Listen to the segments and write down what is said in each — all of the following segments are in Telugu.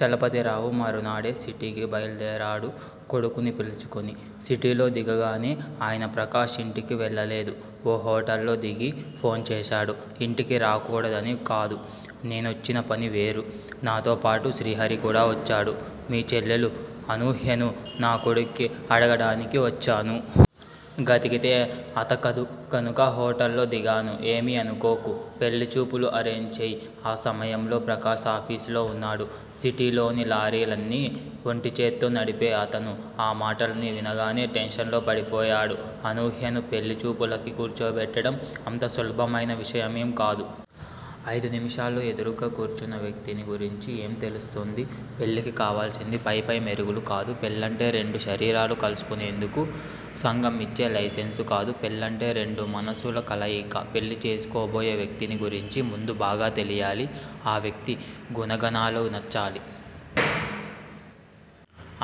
చలపతిరావు మరునాడే సిటీకి బయల్దేరాడు కొడుకుని పిలుచుకుని. సిటీలో దిగగానే ఆయన ప్రకాష్ ఇంటికి వెళ్ళలేదు. ఓ హోటల్ లో దిగి ఫోన్ చేశాడు. ఇంటికి రాకూడదని కాదు. నేనొచ్చిన పని వేరు. నాతో పాటు శ్రీహరి కూడా వచ్చాడు. మీ చెల్లెలు అనూహ్యను నా కొడుక్కి అడగడానికి వచ్చాను. గతికితే అతకదు గనుక హోటల్ లో దిగాను. ఏమీ అనుకోకు. పెళ్ళి చూపులు ఆరెంజ్ చెయ్. ఆ సమయంలో ప్రకాష్ ఆఫీసులో వున్నాడు. సిటీ లోని లారీలన్ని ఒంటిచేత్తో నడిపే అతను ఆ మాటల్ని వినగానే టెన్షన్ లో పడిపోయాడు. అనూహ్యను పెళ్ళి చూపులకి కూర్చోబెట్టడం అంత సులభమైన విషయమేం కాదు. అయిదు నిముషాల్లో ఎదురుగ్గా కూర్చున్న వ్యక్తిని గురించి ఏం తెలుస్తుంది? పెళ్ళికి కావలసింది పైపై మెరుగులు కాదు. పెళ్ళంటే రెండు శరీరాలు కలుసుకునేందుకు సంఘం ఇచ్చే లైసెన్స్ కాదు. పెళ్ళంటే రెండు మనసుల కలయిక. పెళ్ళి చేసుకోబోయే వ్యక్తిని గురించి ముందు బాగా తెలియాలి. ఆ వ్యక్తి గుణగణాలు నచ్చాలి.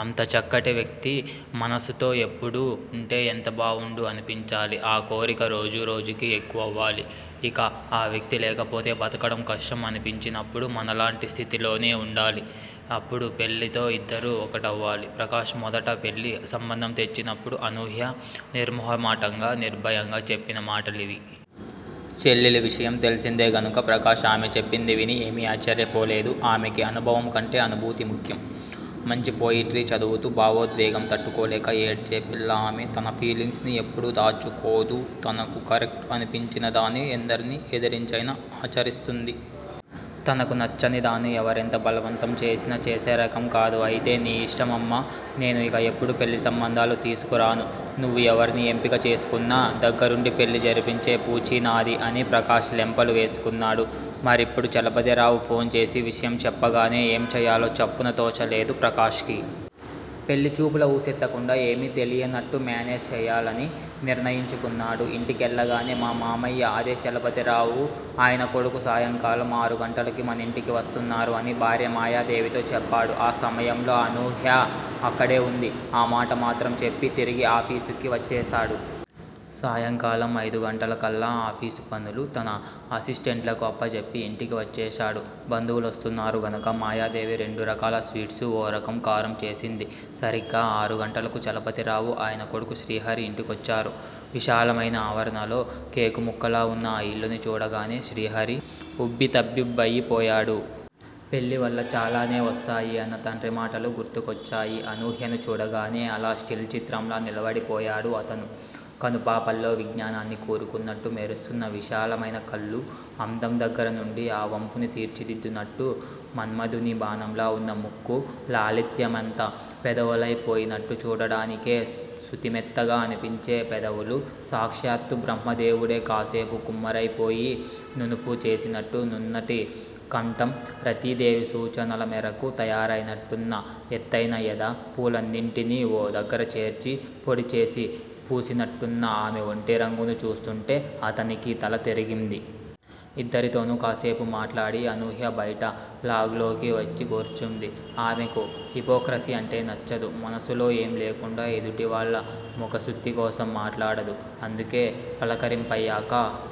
అంత చక్కటి వ్యక్తి మనసుతో ఎప్పుడూ ఉంటే ఎంత బావుండు అనిపించాలి. ఆ కోరిక రోజు రోజుకీ ఎక్కువవ్వాలి. ఇక ఆ వ్యక్తి లేకపోతే బతకడం కష్టం అనిపించినప్పుడు మనలాంటి స్థితిలోనే వుండాలి. అప్పుడు పెళ్ళితో ఇద్దరూ ఒక్కటవ్వాలి. ప్రకాష్ మొదట పెళ్ళి సంబంధం తెచ్చినప్పుడు అనూహ్య నిర్మొహమాటంగా, నిర్భయంగా చెప్పిన మాటలివి. చెల్లెలి విషయం తెలిసిందే గనుక ప్రకాష్ ఆమె చెప్పింది విని ఏమీ ఆశ్చర్యపోలేదు. ఆమెకి అనుభవం కంటే అనుభూతి ముఖ్యం. మంచి పొయిట్రీ చదువుతూ భావోద్వేగం తట్టుకోలేక ఏడ్చే పిల్ల ఆమె. తన ఫీలింగ్స్ ని ఎప్పుడూ దాచుకోదు. తనకు కరెక్టు అనిపించిన దాన్ని ఎందర్ని ఎదిరించైనా ఆచరిస్తుంది. తనకు నచ్చని దాన్ని ఎవరెంత బలవంతం చేసినా చేసే రకం కాదు. అయితే నీ ఇష్టమమ్మా. నేను ఇక ఎప్పుడూ పెళ్ళిసంబంధాలు తీసుకురాను. నువ్వు ఎవర్ని ఎంపిక చేసుకున్నా దగ్గరుండి పెళ్ళి జరిపించే పూచీ నాది అని ప్రకాష్ లెంపలు వేసుకున్నాడు. మరిప్పుడు చలపతిరావు ఫోన్ చేసి విషయం చెప్పగానే ఏం చేయాలో చప్పున తోచలేదు ప్రకాష్ కి. పెళ్ళిచూపుల వూసెత్తకుండా ఏమీ తెలియనట్టు మేనేజ్ చేయాలని నిర్ణయించుకున్నాడు. ఇంటికెళ్ళగానే మా మావయ్య, అదే చలపతిరావు, ఆయన కొడుకు సాయంకాలం ఆరు గంటలకి మనింటికి వస్తున్నారు అని భార్య మాయాదేవితో చెప్పాడు. ఆ సమయంలో అనూహ్య అక్కడే వుంది. ఆ మాట మాత్రం చెప్పి తిరిగి ఆఫీసుకి వచ్చేశాడు. సాయంకాలం అయిదుగంటలకల్లా ఆఫీసు పనులు తన అసిస్టెంట్లకు అప్పజెప్పి ఇంటికి వచ్చేశాడు. బంధువులొస్తున్నారు గనుక మాయాదేవి రెండు రకాల స్వీట్సు, ఓ రకం కారం చేసింది. సరిగ్గా ఆరు గంటలకు చలపతిరావు, ఆయన కొడుకు శ్రీహరి ఇంటికొచ్చారు. విశాలమైన ఆవరణలో కేకు ముక్కలా వున్న ఆ ఇల్లుని చూడగానే శ్రీహరి ఉబ్బితబ్బిబ్బయి పోయాడు. పెళ్ళివల్ల చాలానే వస్తాయి అన్న తండ్రి మాటలు గుర్తుకొచ్చాయి. అనూహ్యను చూడగానే అలా స్టిల్ చిత్రంలా నిలబడిపోయాడు అతను. కనుపాపల్లో విజ్ఞానాన్ని కూరుకున్నట్టు మెరుస్తున్న విశాలమైన కళ్ళు, అందం దగ్గర నుండి ఆ వంపుని తీర్చిదిద్దినట్టు మన్మధుని బాణంలా వున్న ముక్కు, లాలిత్యమంతా పెదవులై పోయినట్టు చూడడానికే సుతిమెత్తగా అనిపించే పెదవులు, సాక్షాత్తూ బ్రహ్మదేవుడే కాసేపు కుమ్మరైపోయి నునుపు చేసినట్టు నున్నటి కంఠం, రతీ దేవి సూచనల మేరకు తయారైనట్టున్న ఎత్తయిన ఎద, పూలన్నిటినీ ఓ దగ్గర చేర్చి, పొడి చేసి పూసినట్టున్న ఆమె ఒంటి రంగును చూస్తుంటే అతనికి తల తిరిగింది. ఇద్దరితోనూ కాసేపు మాట్లాడి అనూహ్య బయట లాన్ లోకి వచ్చి కూర్చుంది. ఆమెకు హిపోక్రసీ అంటే నచ్చదు. మనసులో ఏం లేకుండా ఎదుటివాళ్ళ ముఖస్తుతి కోసం మాట్లాడదు. అందుకే పలకరింపులయ్యాక